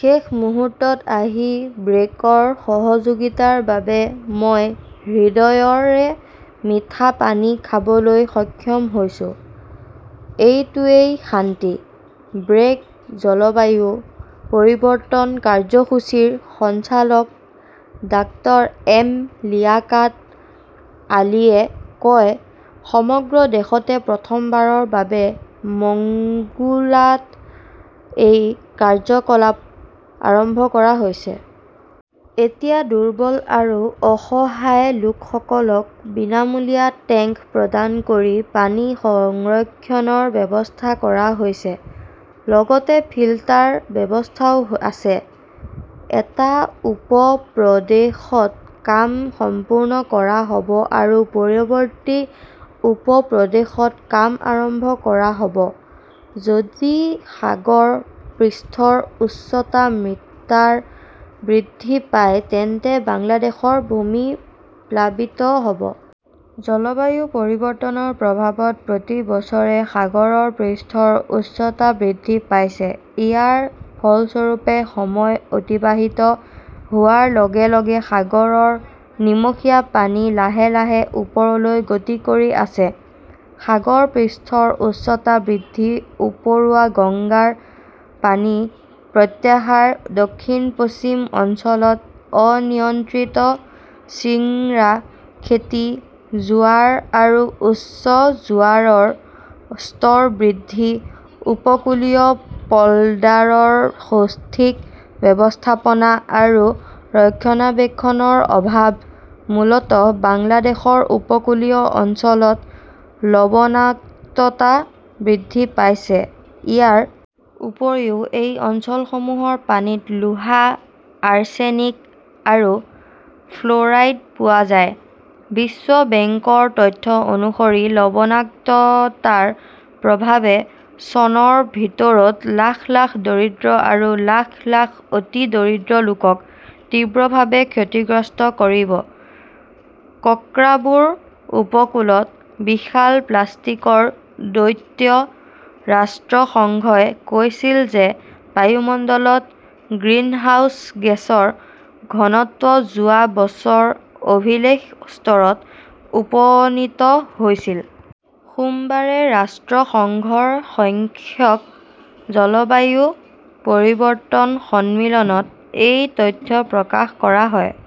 শেষ মুহূৰ্তত আহি ব্ৰেকৰ সহযোগিতাৰ বাবে মই হৃদয়ৰে মিঠা পানী খাবলৈ সক্ষম হৈছো। এইটোৱেই শান্তি। ব্ৰেক জলবায়ু পৰিৱৰ্তন কাৰ্যসূচীৰ সঞ্চালক ডাঃ এম লিয়াকাত আলীয়ে কয়, সমগ্ৰ দেশতে প্ৰথমবাৰৰ বাবে মংগোলাত এই কাৰ্য্যকলাপ আৰম্ভ কৰা হৈছে। এতিয়া দুৰ্বল আৰু অসহায় লোকসকলক বিনামূলীয়া টেংক প্ৰদান কৰি পানী সংৰক্ষণৰ ব্যৱস্থা কৰা হৈছে। লগতে ফিল্টাৰ ব্যৱস্থাও আছে। এটা উপ-প্ৰদেশত কাম সম্পূৰ্ণ কৰা হ'ব আৰু পৰৱৰ্তী উপ-প্ৰদেশত কাম আৰম্ভ কৰা হ'ব। যদি সাগৰ পৃষ্ঠৰ উচ্চতা মিটাৰ বৃদ্ধি পায় তেন্তে বাংলাদেশৰ ভূমি প্লাবিত হ 'ব। জলবায়ু পৰিৱৰ্তনৰ প্ৰভাৱত প্ৰতি বছৰে সাগৰৰ পৃষ্ঠৰ উচ্চতা বৃদ্ধি পাইছে। ইয়াৰ ফলস্বৰূপে, সময় অতিবাহিত হোৱাৰ লগে লগে সাগৰৰ নিমখীয়া পানী লাহে লাহে ওপৰলৈ গতি কৰি আছে। সাগৰ পৃষ্ঠৰ উচ্চতা বৃদ্ধি, উপৰুৱা গংগাৰ পানী প্ৰত্যাহাৰ, দক্ষিণ-পশ্চিম অঞ্চলত অনিয়ন্ত্ৰিত চিংৰা খেতি, জোৱাৰ আৰু উচ্চ জোৱাৰৰ স্তৰ বৃদ্ধি, উপকূলীয় পল্ডাৰৰ সঠিক ব্যৱস্থাপনা আৰু ৰক্ষণাবেক্ষণৰ অভাৱ, মূলতঃ বাংলাদেশৰ উপকূলীয় অঞ্চলত লবণাক্ততা বৃদ্ধি পাইছে। ইয়াৰ উপৰিও এই অঞ্চলসমূহৰ পানীত লোহা, আৰ্ছেনিক আৰু ফ্ল'ৰাইড পোৱা যায়। বিশ্ব বেংকৰ তথ্য অনুসৰি, লবণাক্ততাৰ প্ৰভাৱে চনৰ ভিতৰত লাখ লাখ দৰিদ্ৰ আৰু লাখ লাখ অতি দৰিদ্ৰ লোকক তীব্ৰভাৱে ক্ষতিগ্ৰস্ত কৰিব। কক্সবুৰ উপকূলত বিশাল 'প্লাষ্টিকৰ দৈত্য' ৰাষ্ট্ৰসংঘই কৈছিল যে বায়ুমণ্ডলত গ্ৰিনহাউজ গেছৰ ঘনত্ব যোৱা বছৰ অভিলেখ স্তৰত উপনীত হৈছিল। সোমবাৰে ৰাষ্ট্ৰসংঘৰ সংখ্যক জলবায়ু পৰিৱৰ্তন সন্মিলনত এই তথ্য প্ৰকাশ কৰা হয়।